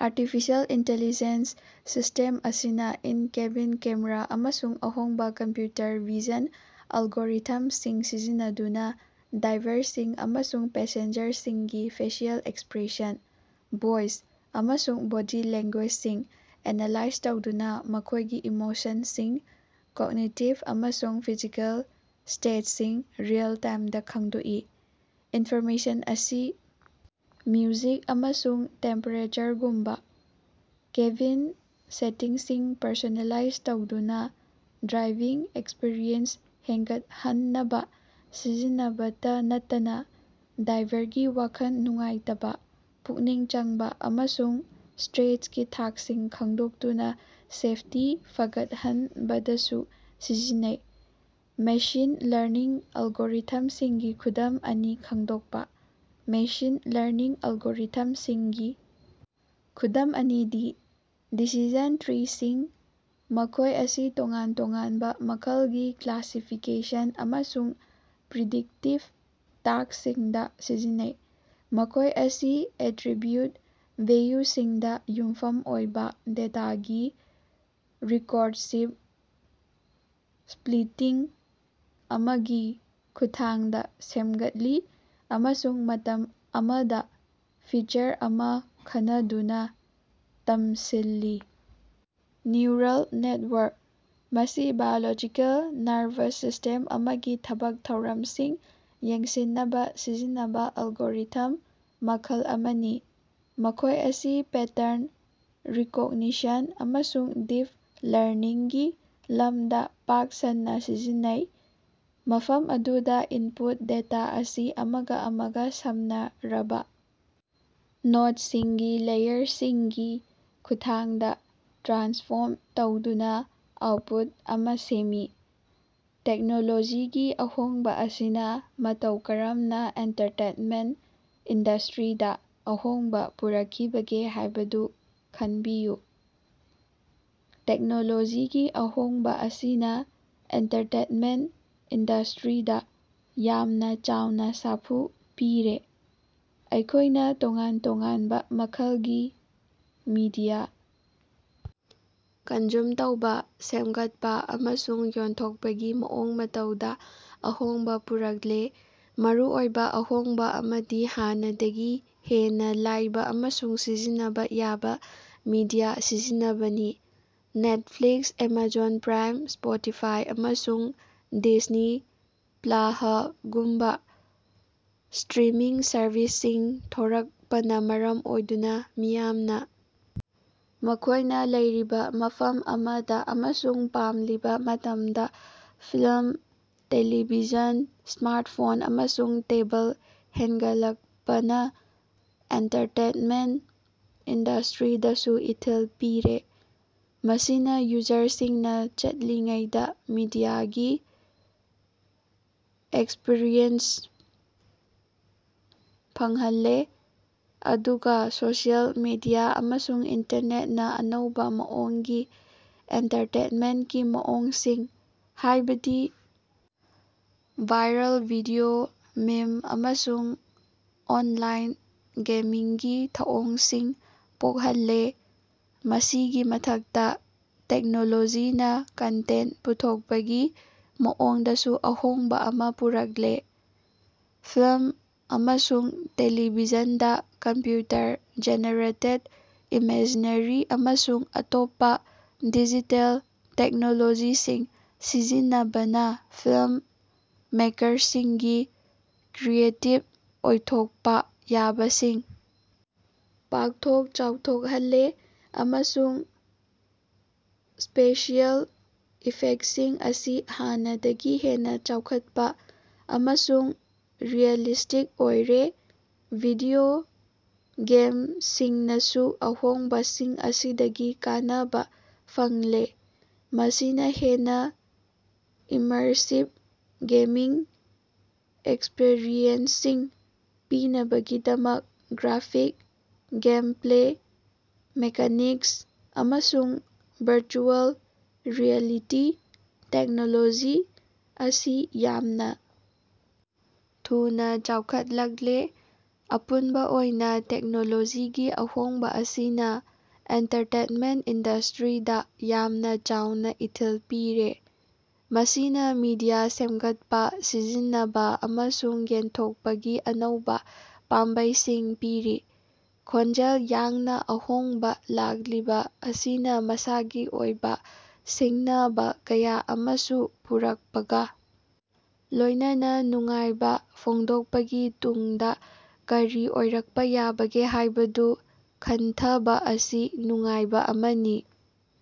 Artificial intelligence system ꯑꯁꯤꯅ in cabin camera ꯑꯃꯁꯨꯡ ꯑꯍꯣꯡꯕ ꯀꯝꯄ꯭ꯌꯨꯇꯔ ꯚꯤꯖꯟ ꯑꯦꯜꯒꯣꯔꯤꯊꯝꯁꯤꯡ ꯁꯤꯖꯤꯟꯅꯗꯨꯅ ꯗ꯭ꯔꯥꯏꯚꯔꯁꯤꯡ ꯑꯃꯁꯨꯡ ꯄꯦꯁꯦꯟꯖꯔꯁꯤꯡꯒꯤ ꯐꯦꯁꯤꯑꯦꯜ ꯑꯦꯛꯁꯄ꯭ꯔꯦꯁꯟ, ꯚꯣꯏꯁ, ꯑꯃꯁꯨꯡ ꯕꯣꯗꯤ ꯂꯦꯡꯒꯨꯌꯦꯖꯁꯤꯡ ꯑꯦꯅꯥꯂꯥꯏꯖ ꯇꯧꯗꯨꯅ ꯃꯈꯣꯏꯒꯤ ꯏꯃꯣꯁꯟꯁꯤꯡ, ꯀꯣꯛꯅꯤꯇꯤꯕ ꯑꯃꯁꯨꯡ ꯐꯤꯖꯤꯀꯦꯜ ꯁ꯭ꯇꯦꯠꯁꯤꯡ ꯔꯤꯑꯦꯜ-ꯇꯥꯏꯝꯗ ꯈꯪꯗꯣꯛꯏ꯫ ꯏꯟꯐꯣꯔꯃꯦꯁꯟ ꯑꯁꯤ ꯃ꯭ꯌꯨꯖꯤꯛ ꯑꯃꯁꯨꯡ ꯇꯦꯝꯄꯦꯔꯦꯆꯔꯒꯨꯝꯕ ꯀꯦꯕꯤꯟ ꯁꯦꯇꯤꯡꯁꯤꯡ ꯄꯔꯁꯣꯅꯦꯂꯥꯏꯖ ꯇꯧꯗꯨꯅ ꯗ꯭ꯔꯥꯏꯚꯤꯡ ꯑꯦꯛꯁꯄꯤꯔꯤꯑꯦꯟꯁ ꯍꯦꯟꯒꯠꯍꯟꯅꯕ ꯁꯤꯖꯤꯟꯅꯕꯇ ꯅꯠꯇꯅ ꯗ꯭ꯔꯥꯏꯚꯔꯒꯤ ꯋꯥꯈꯜ ꯅꯨꯡꯉꯥꯏꯇꯕ, ꯄꯨꯛꯅꯤꯡ ꯆꯪꯕ, ꯑꯃꯁꯨꯡ ꯁ꯭ꯇꯔꯦꯁꯀꯤ ꯊꯥꯛꯁꯤꯡ ꯈꯪꯗꯣꯛꯇꯨꯅ ꯁꯦꯐꯇꯤ ꯐꯒꯠꯍꯟꯕꯗꯁꯨ ꯁꯤꯖꯤꯟꯅꯩ꯫ ꯃꯦꯁꯤꯟ ꯂꯔꯅꯤꯡ ꯑꯦꯜꯒꯣꯔꯤꯊꯝꯁꯤꯡꯒꯤ ꯈꯨꯗꯝ ꯑꯅꯤ ꯈꯪꯗꯣꯛꯄꯥ꯫ ꯃꯦꯁꯤꯟ ꯂꯔꯅꯤꯡ ꯑꯦꯜꯒꯣꯔꯤꯊꯝꯁꯤꯡꯒꯤ ꯈꯨꯗꯝ ꯑꯅꯤꯗꯤ: ꯗꯤꯁꯤꯖꯟ ꯇ꯭ꯔꯤꯁꯤꯡ: ꯃꯈꯣꯏ ꯑꯁꯤ ꯇꯣꯉꯥꯟ ꯇꯣꯉꯥꯟꯕ ꯃꯈꯜꯒꯤ ꯀ꯭ꯂꯥꯁꯤꯐꯤꯀꯦꯁꯟ ꯑꯃꯁꯨꯡ ꯄ꯭ꯔꯤꯗꯤꯛꯇꯤꯚ ꯇꯥꯁ꯭ꯛꯁꯤꯡꯗ ꯁꯤꯖꯤꯟꯅꯩ꯫ ꯃꯈꯣꯏ ꯑꯁꯤ ꯑꯦꯠꯔꯤꯕꯤꯎꯠ ꯚꯦꯜꯌꯨꯁꯤꯡꯗ ꯌꯨꯝꯐꯝ ꯑꯣꯏꯕ ꯗꯦꯇꯥꯒꯤ ꯔꯤꯀꯣꯔꯁꯤꯕ ꯁ꯭ꯄꯂꯤꯇꯤꯡ ꯑꯃꯒꯤ ꯈꯨꯠꯊꯥꯡꯗ ꯁꯦꯝꯒꯠꯂꯤ ꯑꯃꯁꯨꯡ ꯃꯇꯝ ꯑꯃꯗ ꯐꯤꯆꯔ ꯑꯃ ꯈꯟꯅꯗꯨꯅ ꯇꯝꯁꯤꯜꯂꯤ꯫ ꯅ꯭ꯌꯨꯔꯜ ꯅꯦꯇꯋꯥꯔꯛ: ꯃꯁꯤ ꯕꯥꯏꯑꯣꯂꯣꯖꯤꯀꯦꯜ ꯅꯔꯚꯁ ꯁꯤꯁ꯭ꯇꯦꯝ ꯑꯃꯒꯤ ꯊꯕꯛ ꯊꯧꯔꯝꯁꯤꯡ ꯌꯦꯡꯁꯤꯟꯅꯕ ꯁꯤꯖꯤꯟꯅꯕꯥ ꯑꯦꯜꯒꯣꯔꯤꯊꯝ ꯃꯈꯜ ꯑꯃꯅꯤ꯫ ꯃꯈꯣꯏ ꯑꯁꯤ ꯄꯦꯇꯔꯟ ꯔꯤꯀꯣꯒꯅꯤꯁꯟ ꯑꯃꯁꯨꯡ ꯗꯤꯞ ꯂꯔꯅꯤꯡꯒꯤ ꯂꯝꯗ ꯄꯥꯛ ꯁꯟꯅ ꯁꯤꯖꯤꯟꯅꯩ, ꯃꯐꯝ ꯑꯗꯨꯗ ꯏꯟꯄꯨꯠ ꯗꯦꯇꯥ ꯑꯁꯤ ꯑꯃꯒ ꯑꯃꯒ ꯁꯝꯅꯔꯕ ꯅꯣꯠꯁꯤꯡꯒꯤ ꯂꯦꯌꯔꯁꯤꯡꯒꯤ ꯈꯨꯠꯊꯥꯡꯗ ꯇ꯭ꯔꯥꯟꯁꯐꯣꯔꯝ ꯇꯧꯗꯨꯅ ꯑꯥꯎꯠꯄꯨꯠ ꯑꯃ ꯁꯦꯝꯃꯤ꯫ ꯇꯦꯛꯅꯣꯂꯣꯖꯤꯒꯤ ꯑꯍꯣꯡꯕ ꯑꯁꯤꯅ ꯃꯇꯧ ꯀꯔꯝꯅ ꯑꯦꯟꯇꯔꯇꯦꯟꯃꯦꯟꯇ ꯏꯟꯗꯁꯇ꯭ꯔꯤꯗ ꯑꯍꯣꯡꯕ ꯄꯨꯔꯛꯈꯤꯕꯒꯦ ꯍꯥꯏꯕꯗꯨ ꯈꯟꯕꯤꯌꯨ꯫ ꯇꯦꯛꯅꯣꯂꯣꯖꯤꯒꯤ ꯑꯍꯣꯡꯕ ꯑꯁꯤꯅ ꯑꯦꯟꯇꯔꯇꯦꯅꯃꯦꯟꯇ ꯏꯟꯗꯁ꯭ꯇꯔꯤꯗ ꯌꯥꯝꯅ ꯆꯥꯎꯅ ꯁꯥꯐꯨ ꯄꯤꯔꯦ, ꯑꯩꯈꯣꯏꯅ ꯇꯣꯉꯥꯟ ꯇꯣꯉꯥꯟꯕ ꯃꯈꯜꯒꯤ ꯃꯤꯗꯤꯌꯥ ꯀꯟꯖꯨꯝ ꯇꯧꯕ, ꯁꯦꯝꯒꯠꯄ ꯑꯃꯁꯨꯡ ꯌꯦꯟꯊꯣꯛꯄꯒꯤ ꯃꯑꯣꯡ ꯃꯇꯧꯗ ꯑꯍꯣꯡꯕ ꯄꯨꯔꯛꯂꯦ꯫ ꯃꯔꯨꯑꯣꯏꯕ ꯑꯍꯣꯡꯕ ꯑꯃꯗꯤ ꯍꯥꯟꯅꯗꯒꯤ ꯍꯦꯟꯅ ꯂꯥꯏꯕ ꯑꯃꯁꯨꯡ ꯁꯤꯖꯤꯟꯅꯕ ꯌꯥꯕ ꯃꯤꯗꯤꯌꯥ ꯁꯤꯖꯤꯟꯅꯕꯅꯤ꯫ ꯅꯦꯠꯐ꯭ꯂꯤꯛꯁ, ꯑꯦꯃꯥꯖꯣꯟ ꯄ꯭ꯔꯥꯏꯝ, ꯁ꯭ꯄꯣꯇꯤꯐꯥꯏ, ꯑꯃꯁꯨꯡ ꯗꯤꯖꯅꯤ ꯄ꯭ꯂꯍꯒꯨꯝꯕ ꯁ꯭ꯇꯔꯤꯃꯤꯡ ꯁꯔꯚꯤꯁꯁꯤꯡ ꯊꯣꯔꯛꯄꯅ ꯃꯔꯝ ꯑꯣꯏꯗꯨꯅ ꯃꯤꯌꯥꯝꯅ ꯃꯈꯣꯏꯅ ꯂꯩꯔꯤꯕ ꯃꯐꯝ ꯑꯃꯗ ꯑꯃꯁꯨꯡ ꯄꯥꯝꯂꯤꯕ ꯃꯇꯝꯗ ꯐꯤꯂꯝ, ꯇ‌ꯦꯂꯤꯚꯤꯖꯟ ꯁ꯭ꯃꯥꯔꯠꯐꯣꯟ ꯑꯃꯁꯨꯡ ꯇꯦꯕꯜ ꯍꯦꯟꯒꯠꯂꯛꯄꯅ ꯑꯦꯟꯇꯥꯔꯇꯦꯟꯃꯦꯟꯠ ꯏꯟꯗꯁ꯭ꯇꯔꯤꯗꯁꯨ ꯏꯊꯤꯜ ꯄꯤꯔꯦ, ꯃꯁꯤꯅ ꯌꯨꯖꯔꯁꯤꯡꯅ ꯆꯠꯂꯤꯉꯩꯗ ꯃꯤꯗꯤꯌꯥꯒꯤ ꯑꯦꯛꯁꯄꯔꯤꯌꯦꯟꯁ ꯐꯪꯍꯜꯂꯦ ꯑꯗꯨꯒ ꯁꯣꯁꯤꯑꯦꯜ ꯃꯤꯗꯤꯌꯥ ꯑꯃꯁꯨꯡ ꯏꯟꯇꯔꯅꯦꯠꯅ ꯑꯅꯧꯕ ꯃꯑꯣꯡꯒꯤ ꯑꯦꯟꯇꯥꯔꯇꯦꯟꯃꯦꯟꯀꯤ ꯃꯑꯣꯡꯁꯤꯡ, ꯍꯥꯏꯕꯗꯤ ꯚꯥꯏꯔꯜ ꯚꯤꯗꯤꯑꯣ, ꯃꯤꯝ ꯑꯃꯁꯨꯡ ꯑꯣꯟꯂꯥꯏꯟ ꯒꯦꯃꯤꯡꯒꯤ ꯊꯧꯑꯣꯡꯁꯤꯡ ꯄꯣꯛꯍꯜꯂꯦ꯫ ꯃꯁꯤꯒꯤ ꯃꯊꯛꯇ ꯇꯦꯛꯅꯣꯂꯣꯖꯤꯅ ꯀꯟꯇꯦꯟ ꯄꯨꯊꯣꯛꯄꯒꯤ ꯃꯑꯣꯡꯗꯁꯨ ꯑꯍꯣꯡꯕ ꯑꯃ ꯄꯨꯔꯛꯂꯦ꯫ ꯐꯤꯂꯝ ꯑꯃꯁꯨꯡ ꯇ‌ꯦꯂꯤꯚꯤꯖꯟꯗ ꯀꯝꯄ꯭ꯌꯨꯇꯔ ꯖꯦꯅꯦꯔꯦꯇꯦꯗ ꯏꯃꯦꯖꯔꯤ ꯑꯃꯁꯨꯡ ꯑꯇꯣꯞꯄ ꯗꯤꯖꯤꯇꯦꯜ ꯇꯦꯛꯅꯣꯂꯣꯖꯤꯁꯤꯡ ꯁꯤꯖꯤꯟꯅꯕꯅ ꯐꯤꯂꯝ ꯃꯦꯀꯔꯁꯤꯡꯒꯤ ꯀ꯭ꯔꯤꯌꯦꯇꯤꯕ ꯑꯣꯏꯊꯣꯛꯄ ꯌꯥꯕꯁꯤꯡ ꯄꯥꯛꯊꯣꯛ ꯆꯥꯎꯊꯣꯛꯍꯜꯂꯦ ꯑꯃꯁꯨꯡ ꯁ꯭ꯄꯦꯁꯤꯑꯦꯜ ꯏꯐꯦꯛꯁꯤꯡ ꯑꯁꯤ ꯍꯥꯟꯅꯗꯒꯤ ꯍꯦꯟꯅ ꯆꯥꯎꯈꯠꯄ ꯑꯃꯁꯨꯡ ꯔꯤꯑꯦꯂꯤꯁ꯭ꯇꯤꯛ ꯑꯣꯏꯔꯦ꯫ ꯚꯤꯗꯤꯑꯣ ꯒꯦꯝꯁꯤꯡꯅꯁꯨ ꯑꯍꯣꯡꯕꯁꯤꯡ ꯑꯁꯤꯗꯒꯤ ꯀꯥꯟꯅꯕ ꯐꯪꯂꯦ, ꯃꯁꯤꯅ ꯍꯦꯟꯅ ꯏꯃꯔꯁꯤꯕ ꯒꯦꯃꯤꯡ ꯑꯦꯛꯁꯄꯤꯔꯤꯑꯦꯟꯁꯁꯤꯡ ꯄꯤꯅꯕꯒꯤꯗꯃꯛ ꯒ꯭ꯔꯥꯐꯤꯛꯁ, ꯒꯦꯝꯄ꯭ꯂꯦ ꯃꯦꯀꯥꯅꯤꯛꯁ ꯑꯃꯁꯨꯡ ꯚꯔꯆꯨꯑꯦꯜ ꯔꯤꯌꯦꯂꯤꯇꯤ ꯇꯦꯛꯅꯣꯂꯣꯖꯤ ꯑꯁꯤ ꯌꯥꯝꯅ ꯊꯨꯅ ꯆꯥꯎꯈꯠꯂꯛꯂꯤ꯫ ꯑꯄꯨꯟꯕ ꯑꯣꯏꯅ ꯇꯦꯛꯅꯣꯂꯣꯖꯤꯒꯤ ꯑꯍꯣꯡꯕ ꯑꯁꯤꯅ ꯑꯦꯟꯇꯔꯇꯦꯟꯃꯦꯟ ꯏꯟꯗꯁ꯭ꯇꯔꯤꯗ ꯌꯥꯝꯅ ꯆꯥꯎꯅ ꯏꯊꯤꯜ ꯄꯤꯔꯦ, ꯃꯁꯤꯅ ꯃꯤꯗꯤꯌꯥ ꯁꯦꯝꯒꯠꯄ, ꯁꯤꯖꯤꯟꯅꯕ ꯑꯃꯁꯨꯡ ꯌꯦꯟꯊꯣꯛꯄꯒꯤ ꯑꯅꯧꯕ ꯄꯥꯝꯕꯩꯁꯤꯡ ꯄꯤꯔꯤ꯫ ꯈꯣꯡꯖꯦꯜ ꯌꯥꯡꯅ ꯑꯍꯣꯡꯕꯥ ꯂꯥꯛꯂꯤꯕ ꯑꯁꯤꯅ ꯃꯁꯥꯒꯤ ꯑꯣꯏꯕ ꯁꯤꯡꯅꯕ ꯀꯌꯥ ꯑꯃꯁꯨ ꯄꯨꯔꯛꯄꯒ ꯂꯣꯏꯅꯅ ꯅꯨꯡꯉꯥꯏꯕ ꯐꯣꯡꯗꯣꯛꯄꯒꯤ ꯇꯨꯡꯗ ꯀꯔꯤ ꯑꯣꯏꯔꯛꯄ ꯌꯥꯕꯒꯦ ꯍꯥꯏꯕꯗꯨ ꯈꯟꯊꯕ ꯑꯁꯤ ꯅꯨꯡꯉꯥꯏꯕ ꯑꯃꯅꯤ꯫